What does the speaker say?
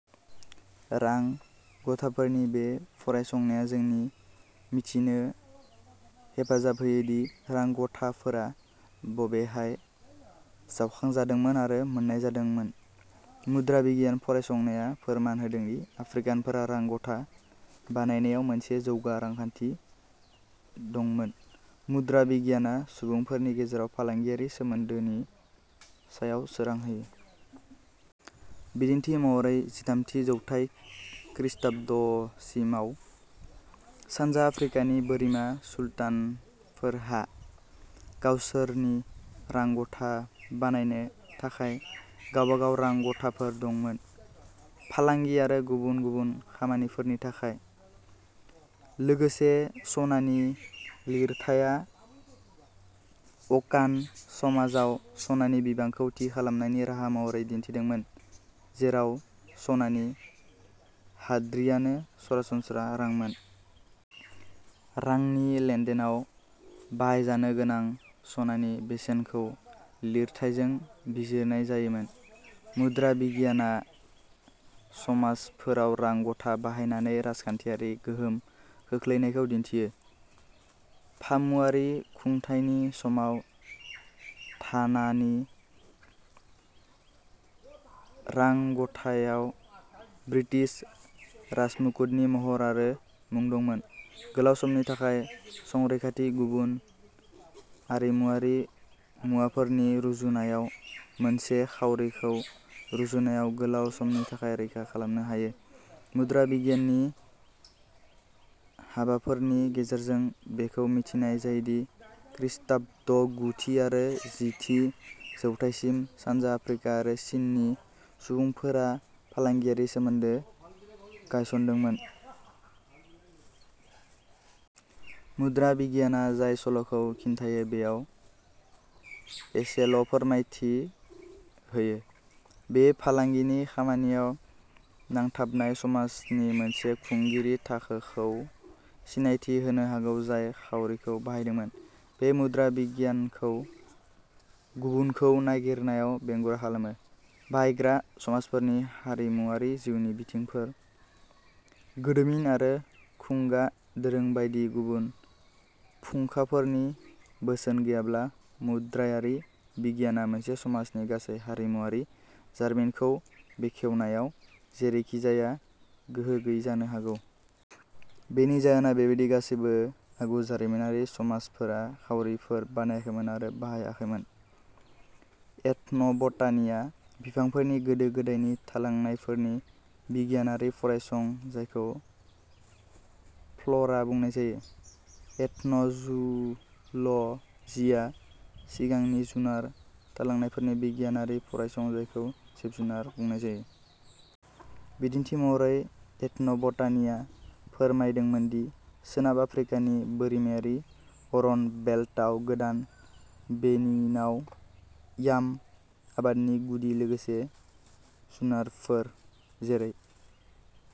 रां गथाफोरनि बे फरायसंनाया जोंनो मिथिनो हेफाजाब होयो दि रां गथाफोरा बबेहाय जावखांजादोंमोन आरो मोन्नाय जादोंमोन। मुद्रा बिगियान फरायसंनाया फोरमान होदों दि आफ्रिकानफोरा रां गथा बानायनायाव मोनसे जौगा रांखान्थि दंमोन मुद्रा बिगियानआ सुबुंफोरनि गेजेराव फालांगियारि सोमोन्दोनि सायाव सोरां होयो। बिदिन्थि महरै जिथाम थि जौथाय खृष्टाब्दसिमाव सानजा आफ्रिकानि बोरिमा सुल्तानफोरहा गावसोरनि रां गथा बानायनो थाखाय गाबागाव रां गथाफोर दंमोन। फालांगि आरो गुबुन गुबुन खामानिफोरनि थाखाय। लोगोसे सनानि लिरथाइया अकान समाजाव सनानि बिबांखौ थि खालामनायनि राहा महरै दिन्थिदोंमोन जेराव सनानि हाद्रिआनो सरासनस्रा रांमोन। रांनि लेनदेनआव बाहायजानो गोनां सनानि बेसेनखौ लिरथाइजों बिजिरनाय जायोमोन। मुद्रा बिगियानआ समाजफोराव रां गथा बाहायनानै राजखान्थियारि गोहोम खोख्लैनायखौ दिन्थियो। फामुवारि खुंथायनि समाव थानानि रां गथायाव ब्रिटिश राजमुकुटनि महर आरो मुं दंमोन। गोलाव समनि थाखाय संरैखाथि गुबुन आरिमुआरि मुवाफोरनि रुजुनायाव मोनसे खाउरिखौ रुजुनायाव गोलाव समनि थाखाय रैखा खालामनो हायो मुद्रा बिगियाननि हाबाफोरनि गेजेरजों बेखौ मिथिनाय जायो दि खृष्टाब्द गु थि आरो जि थि जौथायसिम सानजा आफ्रिका आरो चिननि सुबुंफोरा फालांगियारि सोमोन्दो गायसनदोंमोन। मुद्रा बिगियानआ जाय सल'खौ खिन्थायो बेयाव एसेल'फोरमायथि होयो। बेयो फालांगिनि खामानियाव नांथाबनाय समाजनि मोनसे खुंगिरि थाखोखौ सिनायथि होनो हागौ जाय खाउरिखौ बाहायदोंमोन। बेयो मुद्रा बिगियानखौ गुबुनखौ नायगिरनायाव बेंगुरा खालामो। बाहायग्रा समाजफोरनि हारिमुआरि जिउनि बिथिंफोर गोदोमिन आरो खुगा दोरों बायदि गुबुन फुंखाफोरनि बोसोन गैयाब्ला मुद्रायारि बिगियानआ मोनसे समाजनि गासै हारिमुआरि जारिमिनखौ बेखेवनायाव जेरैखिजाया गोहो गैयै जानो हागौ। बेनि जाहोना बेबो दि गासैबो आगु जारिमिनारि समाजफोरा खाउरिफोर बानायाखैमोन आरो बाहायाखैमोन। एथन'बटानिआ बिफांफोरनि गोदो गोदायनि थालांनायफोरनि बिगियानारि फरायसं जायखौ फ्ल'रा बुंनाय जायो। एथन'जुल'जिआ सिगांनि जुनार थालांनायफोरनि बिगियानारि फरायसं जायखौ जिब जुनार बुंनाय जायो। बिदिन्थि महरै एथन'बटानिआ फोरमायदोंमोन दि सोनाब आफ्रिकानि बोरिमायारि अरन बेल्टआव गोदान बेनिनाव याम आबादनि गुदि लोगोसे जुनारफोर जेरै